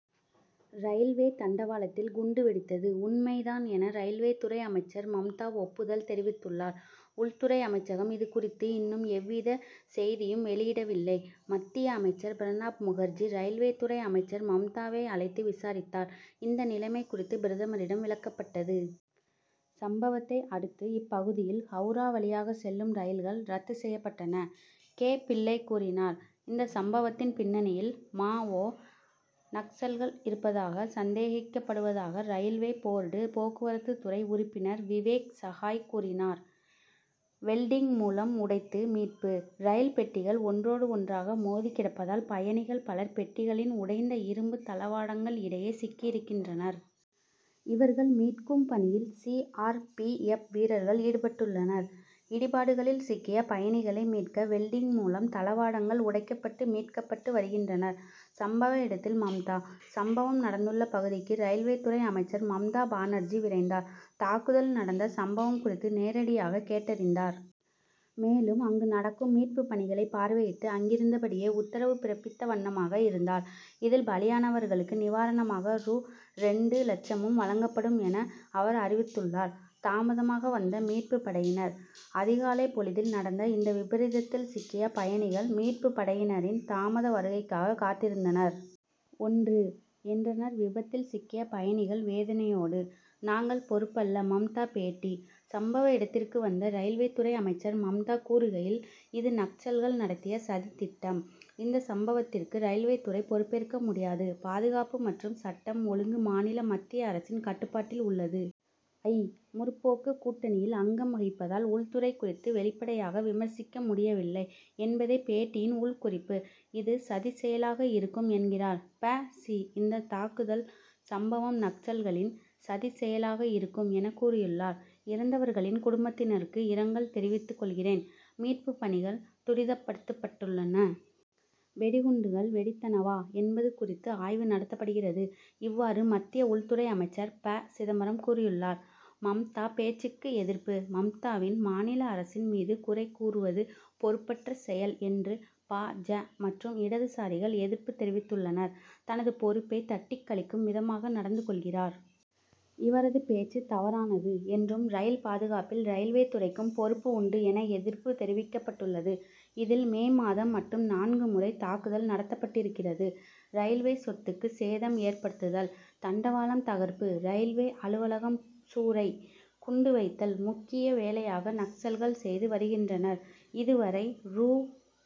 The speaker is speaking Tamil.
ரயில்வே தண்டவாளத்தில் குண்டு வெடித்தது உண்மை தான் என ரயில்வே துறை அமைச்சர் மம்தா ஒப்புதல் தெரிவித்துள்ளார். உள்துறை அமைச்சகம் இது குறித்து இன்னும் எவ்வித செய்தியும் வெளியிடவில்லை. மத்திய அமைச்சர் பிரணாப்முகர்ஜி, ரயில்வே துறை அமைச்சர் மம்தாவை அழைத்து விசாரித்தார், இந்த நிலைமை குறித்து பிரதமரிடம் விளக்கப்பட்டது. சம்பவத்தை அடுத்து இப்பகுதியில் ஹவுரா வழியாக செல்லும் ரயில்கள் ரத்து செய்யப்பட்டன. கே., பிள்ளை கூறினார். இந்த சம்பவத்தின் பின்னணியில் மாவோ., நக்சல்கள் இருப்பதாக சந்தேகிக்கப்படுவதாக ரயில்வே போர்டு போக்குவரத்து துறை உறுப்பினர் விவேக் ஷகாய் கூறினார். வெல்டிங் மூலம் உடைத்து மீட்பு: ரயில் பெட்டிகள் ஒன்றோடு ஒன்றாக மோதி கிடப்பதால் பயணிகள் பலர் பெட்டிகளின் உடைந்த இரும்பு தளவாடங்கள் இடையே சி்க்கியிருக்கின்றனர். இவர்கள் மீட்கும் பணியில் சி. ஆர். பி. எப்., வீரர்கள் ஈடுபட்டுள்ளனர். இடிபாடுகளில் சிக்கிய பயணிகளை மீட்க வெல்டிங் மூலம் தளவாடங்கள் உடைக்கப்பட்டு மீட்கப்பட்டு வருகின்றனர். சம்பவ இடத்தில் மம்தா: சம்பவம் நடந்துள்ள பகுதிக்கு ரயில்வே துறை அமைச்சர் மம்தா பானர்ஜி விரைந்தார். தாக்குதல் நடந்த சம்பவம் குறித்து நேரிடையாக கேட்டறிந்தார். மேலும் அங்கு நடக்கும் மீட்பு பணிகளை பார்வையிட்டு அங்கிருந்தபடியே உத்தரவு பிறப்பித்த வண்ணமாக இருந்தார். இதில் பலியானவர்களுக்கு நிவாரணமாக ரூ. இரண்டு லட்சமும் வழங்கப்படும் என அவர் அறிவித்துள்ளார். தாமதமாக வந்த மீட்பு படையினர்: அதிகாலை பொழுதில் நடந்த இந்த விபரீதத்தில் சிக்கிய பயணிகள் மீட்பு படையினரின் தாமத வருகைக்காக காத்திருந்தனர். ஒன்று. என்றனர் விபத்தில் சிக்கிய பயணிகள் வேதனையோடு. நாங்கள் பொறுப்பல்ல மம்தா பேட்டி: சம்பவ இடத்திற்கு வந்த ரயில்வே துறை அமைச்சர் மம்தா கூறுகையில்: இது நக்சல்கள் நடத்திய சதி திட்டம். இந்த சம்பவத்திற்கு ரயில்வே துறை பொறுப்பேற்க முடியாது. பாதுகாப்பு மற்றும் சட்டம் ஒழுங்கு மாநில மத்திய அரசின் கட்டுப்பாட்டில் உள்ளது. ஐ. முற்போக்கு கூட்ணியில் அங்கம் வகிப்பதால் உள்துறை குறித்து வெளிப்படையாக விமர்சிக்க முடியவில்லை என்பதே பேட்டியின் உள் குறிப்பு. இது சதிச்செயலாக இருக்கும் என்கிறார் ப. சி., இந்த தாக்குதல் சம்பவம் நக்சல்களின் சதிச்செயலாக இருக்கும் என கூறியுள்ளார். இறந்தவர்களின் குடும்பத்தினருக்கு இரங்கல் தெரிவித்துகொள்கிறேன். மீட்பு பணிகள் துரிதப்படுத்தப்பட்டுள்ளன. வெடிகுண்டுகள் வெடித்தனவா என்பகு குறித்து ஆய்வு நடத்தப்படுகிறது. இவ்வாறு மத்திய உள்துறை அமைச்சர் ப. சிதம்பரம் கூறியுள்ளார். மம்தா பேச்சுக்கு எதிர்ப்பு: மம்தாவின் மாநில அரசின் மீது குறை கூறுவது பொறுப்பற்ற செயல் என்று பா. ஜ., மற்றும் இடதுசாரிகள் எதிர்ப்பு தெரிவித்துள்ளனரர். தனது பொறுப்பை தட்டிக்கழிக்கும் விதமாக நடந்து கொள்கிறார். இவரது பேச்சு தவறானது என்றும் ரயில் பாதுகாப்பில் ரயில்வே துறைக்கும் பொறுப்பு உண்டு என எதிர்ப்பு தெரிவிக்கப்பட்டுள்ளது. இதில் மே மாதம் மட்டும் நான்கு முறை தாக்குதல் நடத்தப்பட்டிருக்கிறது. ரயில்வே சொத்துக்கு சேதம் ஏற்படுத்துதல், தண்டவாளம் தகர்ப்பு, ரயில்வே அலுவலகம் சூறை, குண்டு வைத்தல் முக்கிய வேலையாக நக்சல்கள் செய்து வருகின்றனர். இதுவரை ரூ.